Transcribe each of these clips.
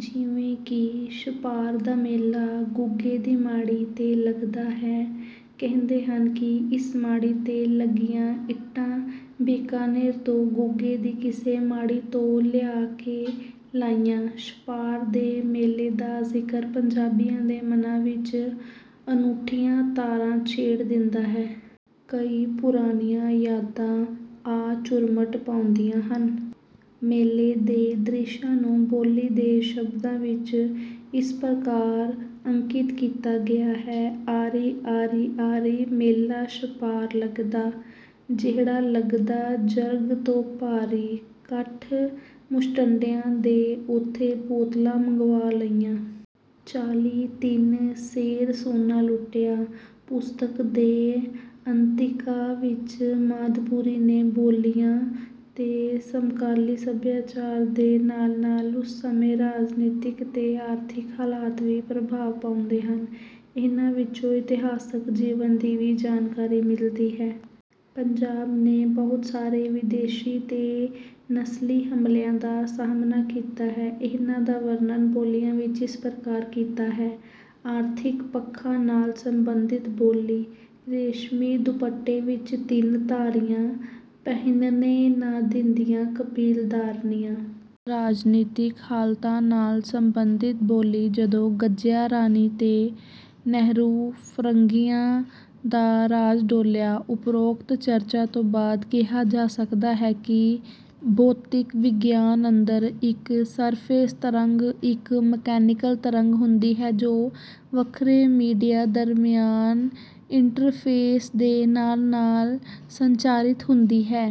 ਜਿਵੇਂ ਕਿ ਛਪਾਰ ਦਾ ਮੇਲਾ ਗੁੱਗੇ ਦੀ ਮਾੜੀ 'ਤੇ ਲੱਗਦਾ ਹੈ। ਕਹਿੰਦੇ ਹਨ ਕਿ ਇਸ ਮਾੜੀ 'ਤੇ ਲੱਗੀਆਂ ਇੱਟਾਂ ਬੀਕਾਨੇਰ ਤੋਂ ਗੁੱਗੇ ਦੀ ਕਿਸੇ ਮਾੜੀ ਤੋਂ ਲਿਆ ਕੇ ਲਾਈਆਂ। ਛਪਾਰ ਦੇ ਮੇਲੇ ਦਾ ਜ਼ਿਕਰ ਪੰਜਾਬੀਆਂ ਦੇ ਮਨਾਂ ਵਿੱਚ ਅਨੂਠੀਆਂ ਤਾਰਾਂ ਛੇੜ ਦਿੰਦਾ ਹੈ। ਕਈ ਪੁਰਾਣੀਆਂ ਯਾਦਾਂ ਆ ਝੁਰਮਟ ਪਾਉਂਦੀਆਂ ਹਨ। ਮੇਲੇ ਦੇ ਦ੍ਰਿਸ਼ਾਂ ਨੂੰ ਬੋਲੀ ਦੇ ਸ਼ਬਦਾਂ ਵਿੱਚ ਇਸ ਪ੍ਰਕਾਰ ਅੰਕਿਤ ਕੀਤਾ ਗਿਆ ਹੈ- "ਆਰੀ ਆਰੀ ਆਰੀ, ਮੇਲਾ ਛਪਾਰ ਲੱਗਦਾ। ਜਿਹੜਾ ਲੱਗਦਾ ਜਰਗ ਤੋਂ ਭਾਰੀ, ਕੱਠ ਮੁਸ਼ਟੰਡਿਆਂ ਦੇ ਉੱਥੇ ਬੋਤਲਾਂ ਮੰਗਵਾ ਲਈਆਂ। ਚਾਲੀ ਤਿੰਨ ਸੇਰ ਸੋਨਾ ਲੁਟਿਆ।" ਪੁਸਤਕ ਦੇ ਅੰਤਿਕਾ ਵਿੱਚ ਮਾਦਪੁਰੀ ਨੇ ਬੋਲੀਆਂ ਤੇ ਸਮਕਾਲੀ ਸਭਿਆਚਾਰ ਦੇ ਨਾਲ-ਨਾਲ ਉਸ ਸਮੇਂ ਰਾਜਨੀਤਿਕ ਤੇ ਆਰਥਿਕ ਹਾਲਾਤ ਵੀ ਪ੍ਰਭਾਵ ਪਾਉਂਦੇ ਹਨ। ਇਹਨਾਂ ਵਿੱਚੋਂ ਇਤਿਹਾਸਕ ਜੀਵਨ ਦੀ ਵੀ ਜਾਣਕਾਰੀ ਮਿਲਦੀ ਹੈ। ਪੰਜਾਬ ਨੇ ਬਹੁਤ ਸਾਰੇ ਵਿਦੇਸ਼ੀ ਤੇ ਨਸਲੀ ਹਮਲਿਆਂ ਦਾ ਸਾਹਮਣਾ ਕੀਤਾ ਹੈ। ਇਹਨਾਂ ਦਾ ਵਰਣਨ ਬੋਲੀਆਂ ਵਿੱਚ ਇਸ ਪ੍ਰਕਾਰ ਕੀਤਾ ਹੈ। ਆਰਥਿਕ ਪੱਖਾਂ ਨਾਲ ਸੰਬੰਧਿਤ ਬੋਲੀ- "ਰੇਸ਼ਮੀ ਦੁੱਪਟੇ ਵਿੱਚ ਤਿੰਨ ਧਾਰੀਆਂ, ਪਹਿਨਣੇ ਨਾ ਦਿੰਦੀਆਂ ਕਬੀਲਦਾਰਨੀਆਂ।" ਰਾਜਨੀਤਿਕ ਹਾਲਤਾਂ ਨਾਲ ਸੰਬੰਧਿਤ ਬੋਲੀ- "ਜਦੋਂ ਗੱਜਿਆ ਰਾਣੀ ਤੇ ਨਹਿਰੂ, ਫਰੰਗੀਆਂ ਦਾ ਰਾਜ ਡੋਲਿਆ।" ਉਪਰੋਕਤ ਚਰਚਾ ਤੋਂ ਬਾਅਦ ਕਿਹਾ ਜਾ ਸਕਦਾ ਹੈ ਕਿ ਭੌਤਿਕ ਵਿਗਿਆਨ ਅੰਦਰ, ਇੱਕ ਸਰਫੇਸ ਤਰੰਗ ਇੱਕ ਮਕੈਨੀਕਲ ਤਰੰਗ ਹੁੰਦੀ ਹੈ ਜੋ ਵੱਖਰੇ ਮੀਡੀਆ ਦਰਮਿਆਨ ਇੰਟ੍ਰਫੇਸ ਦੇ ਨਾਲ-ਨਾਲ ਸੰਚਾਰਿਤ ਹੁੰਦੀ ਹੈ।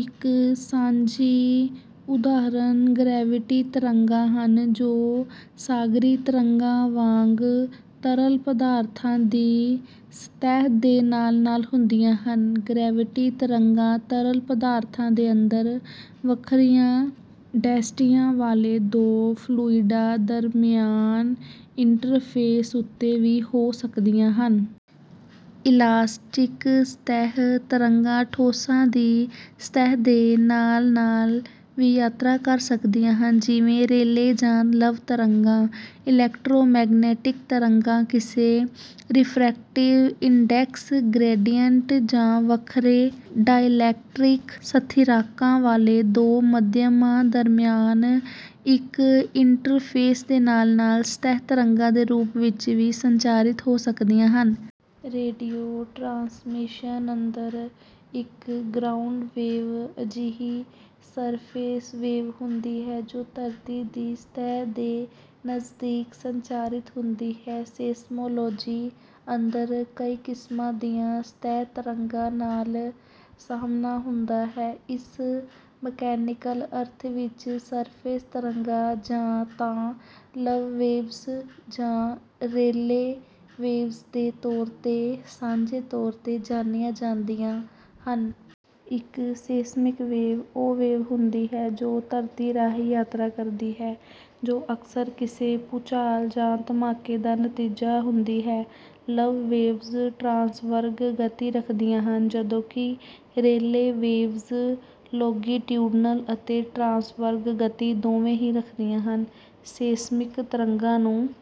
ਇੱਕ ਸਾਂਝੀ ਉਦਾਹਰਨ ਗਰੈਵਿਟੀ ਤਰੰਗਾਂ ਹਨ ਜੋ ਸਾਗਰੀ ਤਰੰਗਾਂ ਵਾਂਗ ਤਰਲ ਪਦਾਰਥਾਂ ਦੀ ਸਤਹਿ ਦੇ ਨਾਲ-ਨਾਲ ਹੁੰਦੀਆਂ ਹਨ। ਗਰੈਵਿਟੀ ਤਰੰਗਾਂ ਤਰਲ ਪਦਾਰਥਾਂ ਦੇ ਅੰਦਰ ਵੱਖਰੀਆਂ ਡੈਂਸਿਟੀਆਂ ਵਾਲੇ ਦੋ ਫਲੂਈਡਾਂ ਦਰਮਿਆਨ ਇੰਟ੍ਰਫੇਸ ਉੱਤੇ ਵੀ ਹੋ ਸਕਦੀਆਂ ਹਨ। ਇਲਾਸਟਿਕ ਸਤਹਿ ਤਰੰਗਾਂ ਠੋਸਾਂ ਦੀ ਸਤਹਿ ਦੇ ਨਾਲ-ਨਾਲ ਵੀ ਯਾਤਰਾ ਕਰ ਸਕਦੀਆਂ ਹਨ, ਜਿਵੇਂ ਰੇਲੇ ਜਾਂ ਲਵ ਤਰੰਗਾਂ। ਇਲੈਕਟ੍ਰੋਮੈਗਨੈਟਿਕ ਤਰੰਗਾਂ ਕਿਸੇ ਰਿਫ੍ਰੈਕਟਿਵ ਇੰਡੈਕਸ ਗ੍ਰੇਡੀਅੰਟ, ਜਾਂ ਵੱਖਰੇ ਡਾਇਲੈਕਟ੍ਰਿਕ ਸਥਿਰਾਂਕਾਂ ਵਾਲੇ ਦੋ ਮਾਧਿਅਮਾਂ ਦਰਮਿਆਨ ਇੱਕ ਇੰਟ੍ਰਫੇਸ ਦੇ ਨਾਲ-ਨਾਲ ਸਤਹਿ ਤਰੰਗਾਂ ਦੇ ਰੂਪ ਵਿੱਚ ਵੀ ਸੰਚਾਰਿਤ ਹੋ ਸਕਦੀਆਂ ਹਨ। ਰੇਡੀਓ ਟਰਾਂਸਮਿਸ਼ਨ ਅੰਦਰ, ਇੱਕ ਗਰਾਊਂਡ ਵੇਵ ਅਜਿਹੀ ਸਰਫੇਸ ਵੇਵ ਹੁੰਦੀ ਹੈ ਜੋ ਧਰਤੀ ਦੀ ਸਤਹਿ ਦੇ ਨਜ਼ਦੀਕ ਸੰਚਾਰਿਤ ਹੁੰਦੀ ਹੈ। ਸੇਸਮੋਲੌਜੀ ਅੰਦਰ, ਕਈ ਕਿਸਮਾਂ ਦੀਆਂ ਸਤਹਿ ਤਰੰਗਾਂ ਨਾਲ ਸਾਹਮਣਾ ਹੁੰਦਾ ਹੈ। ਇਸ ਮਕੈਨੀਕਲ ਅਰਥ ਵਿੱਚ, ਸਰਫੇਸ ਤਰੰਗਾਂ, ਜਾਂ ਤਾਂ ਲਵ ਵੇਵਜ਼ ਜਾਂ ਰੇਲੇ ਵੇਵਜ਼ ਦੇ ਤੌਰ ਤੇ ਸਾਂਝੇ ਤੌਰ ਤੇ ਜਾਣੀਆਂ ਜਾਂਦੀਆਂ ਹਨ। ਇੱਕ ਸੇਸਮਿਕ ਵੇਵ ਉਹ ਵੇਵ ਹੁੰਦੀ ਹੈ ਜੋ ਧਰਤੀ ਰਾਹੀਂ ਯਾਤਰਾ ਕਰਦੀ ਹੈ, ਜੋ ਅਕਸਰ ਕਿਸੇ ਭੂਚਾਲ ਜਾਂ ਧਮਾਕੇ ਦਾ ਨਤੀਜਾ ਹੁੰਦੀ ਹੈ। ਲਵ ਵੇਵਜ਼ ਟ੍ਰਾਂਸਵਰਸ ਗਤੀ ਰੱਖਦੀਆਂ ਹਨ, ਜਦੋਂਕਿ ਰੇਲੇ ਵੇਵਜ਼ ਲੌਂਗੀਟਿਊਡਨਲ ਅਤੇ ਟ੍ਰਾਂਸਵਰਸ ਗਤੀ ਦੋਵੇਂ ਹੀ ਰੱਖਦੀਆਂ ਹਨ। ਸੇਸਮਿਕ ਤਰੰਗਾਂ ਨੂੰ